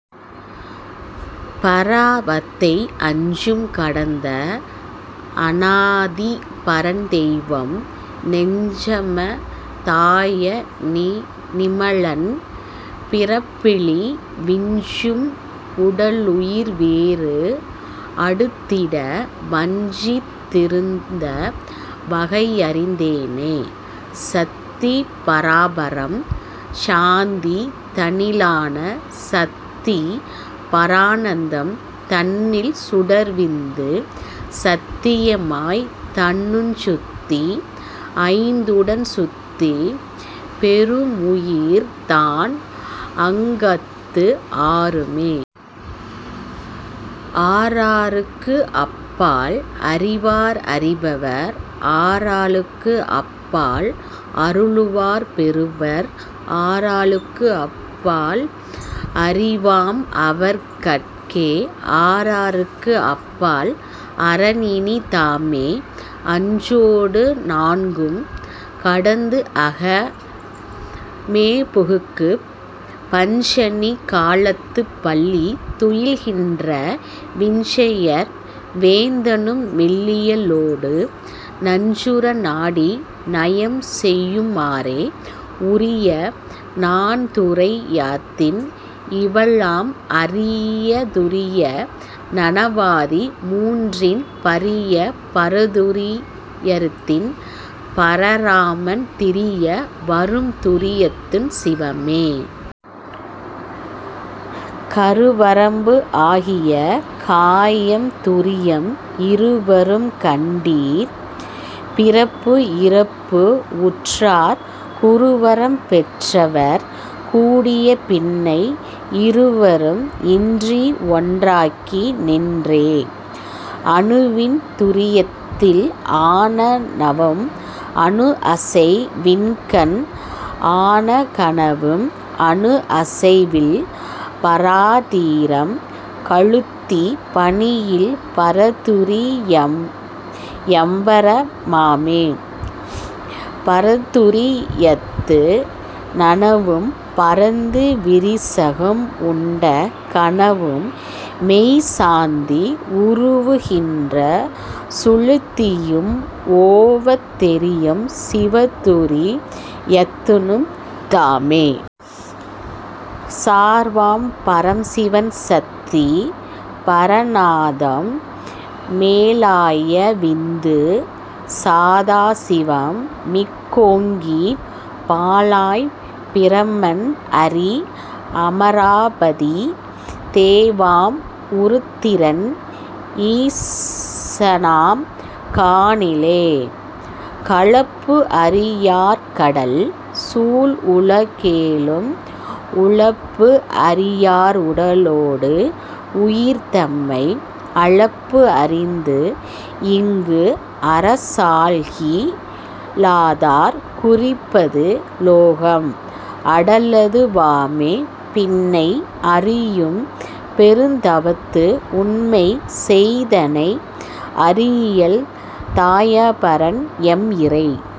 பராவத்தை அஞ்சும் கடந்த அனாதி பரன்தெய்வம் நெஞ்சம தாய நிமலன் பிறப்பிலி விஞ்சும் உடலுயிர் வேறு அடுத்திட வஞ்சத் திருந்த வகையறிந் தேனே. சத்தி பராபரம் சாந்தி தனிலான சத்தி பரானந்தம் தன்னில் சுடர்விந்து சத்திய மாயை தனுச்சத்தி ஐந்துடன் சத்தி பெறுமுயிர் தான்அங்கத்து ஆறுமே. ஆறாறுக்கு அப்பால் அறிவார் அறிபவர் ஆறாலுக்கு அப்பால் அருலுவார் பெறுபவர் ஆறாலுக்கு அப்பால் அறிவாம் அவர்கட்கே ஆறாறுக்கு அப்பால் அரன்இனி தாமே. அஞ்சொடு நான்கும் கடந்துஅக மேபுக்குப் பஞ்சணி காலத்துப் பள்ளி துயில்கின்ற விஞ்சையர் வேந்தனும் மெல்லிய லாளொடு நஞ்சுற நாடி நயம்செய்யு மாறே. உரிய நனாத்துரி யத்தில் இவளாம் அரிய துரிய நனவாதி மூன்றில் பரிய பரதுரி யத்தில் பரனாம் திரிய வரும்துரி யத்தில் சிவமே. கருவரம்பு ஆகிய காயம் துரியம் இருவரும் கண்டீர் பிறப்புஇறப்பு உற்றார் குருவரம் பெற்றவர் கூடிய பின்னை இருவரும் இன்றிஒன் றாகி நின் றாரே. அணுவின் துரியத்தில் ஆன நனவும் அணுஅசை வின்கண் ஆனகனவும் அணுஅசை வில்பரா தீதம் கழுத்தி பணியில் பரதுரி யம்பர மாமே. பரதுரி யத்து நனவும் பரந்து விரிசகம் உண்ட கனவும்மெய்ச் சாந்தி உருவுறு கின்ற சுழுத்தியும் ஓவத் தெரியும் சிவதுரி யத்தனு மாமே. சார்வாம் பரம்சிவன் சத்தி பரநாதம் மேலாய விந்து சதாசிவம் மிக்கோங்கிப் பாலாய்ப் பிரமன் அரிஅம ராபதி தேவாம் உருத்திரன் ஈசனாம் காணிலே. கலப்புஅறி யார்கடல் சூழ்உல கேழும் உலப்புஅறி யார்உட லோடுஉயிர் தன்மை அலப்புஅறிந்து இங்குஅர சாளகி லாதார் குறிப்பது கோலம் அடலது வாமே. பின்னை அறியும் பெருந்தவத்து உண்மைசெய் தன்னை அறியில் தயாபரன் எம்இறை